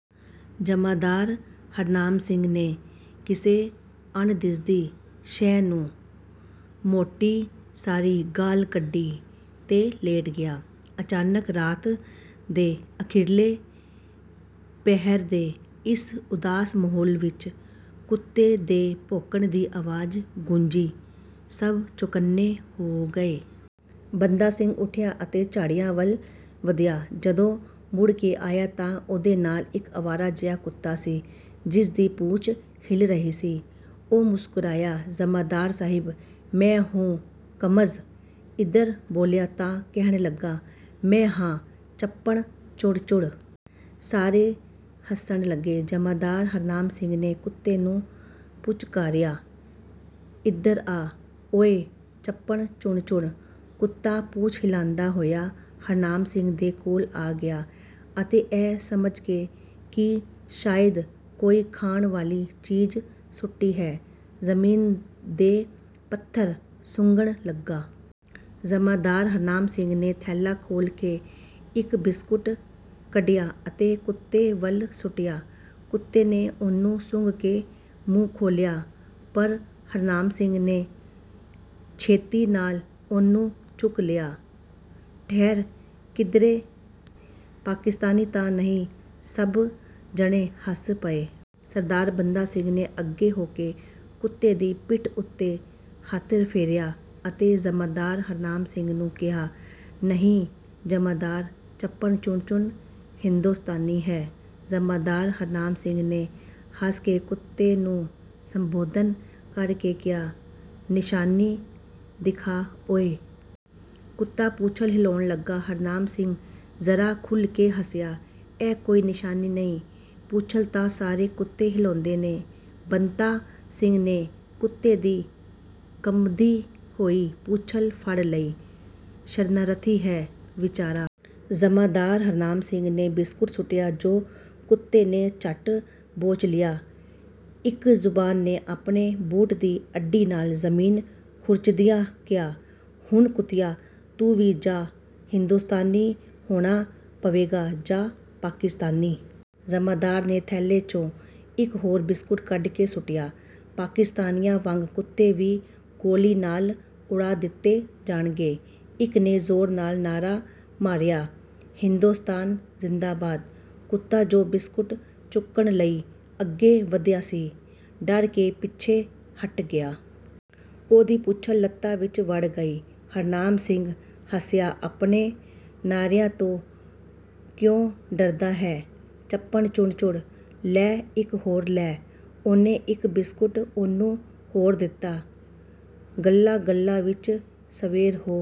ਜਮਾਂਦਾਰ ਹਰਨਾਮ ਸਿੰਘ ਨੇ ਕਿਸੇ ਅਣਦਿਸਦੀ ਸ਼ੈਅ ਨੂੰ ਮੋਟੀ ਸਾਰੀ ਗਾਲ੍ਹ ਕੱਢੀ ਤੇ ਲੇਟ ਗਿਆ। ਅਚਾਨਕ ਰਾਤ ਦੇ ਅਖੀਰਲੇ ਪਹਿਰ ਦੇ ਇਸ ਉਦਾਸ ਮਾਹੌਲ ਵਿਚ ਕੁੱਤੇ ਦੇ ਭੌਂਕਣ ਦੀ ਆਵਾਜ਼ ਗੂੰਜੀ। ਸਭ ਚੌਕੰਨੇ ਹੋ ਗਏ। ਬੰਦਾ ਸਿੰਘ ਉਠਿਆ ਅਤੇ ਝਾੜੀਆਂ ਵੱਲ ਵਧਿਆ। ਜਦੋਂ ਮੁੜ ਕੇ ਆਇਆ ਤਾਂ ਉਹਦੇ ਨਾਲ ਇਕ ਅਵਾਰਾ ਜਿਹਾ ਕੁੱਤਾ ਸੀ, ਜਿਸਦੀ ਪੂਛ ਹਿੱਲ ਰਹੀ ਸੀ। ਓਹ ਮੁਸਕਰਾਇਆ, "ਜਮਾਂਦਾਰ ਸਾਹਿਬ! ਮੈਂ 'ਹੂ ਕਮਜ਼ ਇਧਰ' ਬੋਲਿਆ ਤਾਂ ਕਹਿਣ ਲੱਗਾ, ਮੈਂ ਹਾਂ ਚਪੜ ਝੁੜ-ਝੁੜ।" ਸਾਰੇ ਹੱਸਣ ਲੱਗੇ। ਜਮਾਂਦਾਰ ਹਰਨਾਮ ਸਿੰਘ ਨੇ ਕੁੱਤੇ ਨੂੰ ਪੁਚਕਾਰਿਆ, "ਇਧਰ ਆ ਓਏ ਚਪੜਝੁਣਝੁਣ।" ਕੁੱਤਾ ਪੂਛ ਹਿਲਾਂਦਾ ਹੋਇਆ ਹਰਨਾਮ ਸਿੰਘ ਦੇ ਕੋਲ ਆ ਗਿਆ ਅਤੇ ਇਹ ਸਮਝ ਕੇ ਕਿ ਸ਼ਾਇਦ ਕੋਈ ਖਾਣ ਵਾਲੀ ਚੀਜ਼ ਸੁੱਟੀ ਹੈ, ਜ਼ਮੀਨ ਦੇ ਪੱਥਰ ਸੁੰਘਣ ਲੱਗਾ। ਜਮਾਂਦਾਰ ਹਰਨਾਮ ਸਿੰਘ ਨੇ ਥੈਲਾ ਖੋਲ੍ਹ ਕੇ ਇਕ ਬਿਸਕੁਟ ਕੱਢਿਆ ਅਤੇ ਕੁੱਤੇ ਵੱਲ ਸੁੱਟਿਆ। ਕੁੱਤੇ ਨੇ ਉਹਨੂੰ ਸੁੰਘ ਕੇ ਮੂੰਹ ਖੋਲ੍ਹਿਆ, ਪਰ ਹਰਨਾਮ ਸਿੰਘ ਨੇ ਛੇਤੀ ਨਾਲ ਉਹਨੂੰ ਚੁੱਕ ਲਿਆ। ਠਹਿਰ, ਕਿਧਰੇ ਪਾਕਿਸਤਾਨੀ ਤਾਂ ਨਹੀਂ, ਸਭ ਜਣੇ ਹੱਸ ਪਏ। ਸਰਦਾਰ ਬੰਤਾ ਸਿੰਘ ਨੇ ਅੱਗੇ ਹੋ ਕੇ ਕੁੱਤੇ ਦੀ ਪਿੱਠ ਉਤੇ ਹੱਥ ਫੇਰਿਆ ਅਤੇ ਜਮਾਂਦਾਰ ਹਰਨਾਮ ਸਿੰਘ ਨੂੰ ਕਿਹਾ, "ਨਹੀਂ ਜਮਾਂਦਾਰ, ਚਪੜਝੁਣਝੁਣ ਹਿੰਦੋਸਤਾਨੀ ਹੈ।" ਜਮਾਂਦਾਰ ਹਰਨਾਮ ਸਿੰਘ ਨੇ ਹੱਸ ਕੇ ਕੁੱਤੇ ਨੂੰ ਸੰਬੋਧਨ ਕਰ ਕੇ ਕਿਹਾ, "ਨਿਸ਼ਾਨੀ ਦਿਖਾ ਓਏ?" ਕੁੱਤਾ ਪੂਛਲ ਹਿਲਾਉਣ ਲੱਗਾ। ਹਰਨਾਮ ਸਿੰਘ ਜ਼ਰਾ ਖੁੱਲ੍ਹ ਕੇ ਹੱਸਿਆ। "ਇਹ ਕੋਈ ਨਿਸ਼ਾਨੀ ਨਹੀਂ, ਪੂਛਲ ਤਾਂ ਸਾਰੇ ਕੁੱਤੇ ਹਿਲਾਉਂਦੇ ਨੇ।" ਬੰਤਾ ਸਿੰਘ ਨੇ ਕੁੱਤੇ ਦੀ ਕੰਬਦੀ ਹੋਈ ਪੂਛਲ ਫੜ ਲਈ। "ਸ਼ਰਨਰਥੀ ਹੈ ਵਿਚਾਰਾ!" ਜਮਾਂਦਾਰ ਹਰਨਾਮ ਸਿੰਘ ਨੇ ਬਿਸਕੁਟ ਸੁੱਟਿਆ, ਜੋ ਕੁੱਤੇ ਨੇ ਝੱਟ ਬੋਚ ਲਿਆ। ਇਕ ਜੁਬਾਨ ਨੇ ਆਪਣੇ ਬੂਟ ਦੀ ਅੱਡੀ ਨਾਲ ਜ਼ਮੀਨ ਖੁਰਚਦਿਆਂ ਕਿਹਾ, "ਹੁਣ ਕੁੱਤਿਆਂ ਤੂੰ ਵੀ ਜਾਂ ਹਿੰਦੋਸਤਾਨੀ ਹੋਣਾ ਪਵੇਗਾ ਜਾਂ ਪਾਕਿਸਤਾਨੀ!" ਜਮਾਂਦਾਰ ਨੇ ਥੈਲੇ ਚੋਂ ਇਕ ਹੋਰ ਬਿਸਕੁਟ ਕੱਢ ਕੇ ਸੁੱਟਿਆ, "ਪਾਕਿਸਤਾਨੀਆਂ ਵਾਂਗ ਕੁੱਤੇ ਵੀ ਗੋਲੀ ਨਾਲ ਉਡਾ ਦਿੱਤੇ ਜਾਣਗੇ।" ਇਕ ਨੇ ਜ਼ੋਰ ਨਾਲ ਨਾਅਰਾ ਮਾਰਿਆ, "ਹਿੰਦੋਸਤਾਨ ਜ਼ਿੰਦਾਬਾਦ।" ਕੁੱਤਾ ਜੋ ਬਿਸਕੁਟ ਚੁੱਕਣ ਲਈ ਅੱਗੇ ਵਧਿਆ ਸੀ, ਡਰ ਕੇ ਪਿੱਛੇ ਹਟ ਗਿਆ। ਉਹਦੀ ਪੂਛਲ ਲੱਤਾਂ ਵਿਚ ਵੜ ਗਈ। ਹਰਨਾਮ ਸਿੰਘ ਹੱਸਿਆ, "ਆਪਣੇ ਨਾਅਰਿਆਂ ਤੋਂ ਕਿਓਂ ਡਰਦਾ ਹੈਂ ਚਪੜਝੁਣਝੁਣ, ਲੈ ਇਕ ਹੋਰ ਲੈ।" ਉਹਨੇ ਇਕ ਬਿਸਕੁਟ ਉਹਨੂੰ ਹੋਰ ਦਿੱਤਾ। ਗੱਲਾਂ-ਗੱਲਾਂ ਵਿਚ ਸਵੇਰ ਹੋ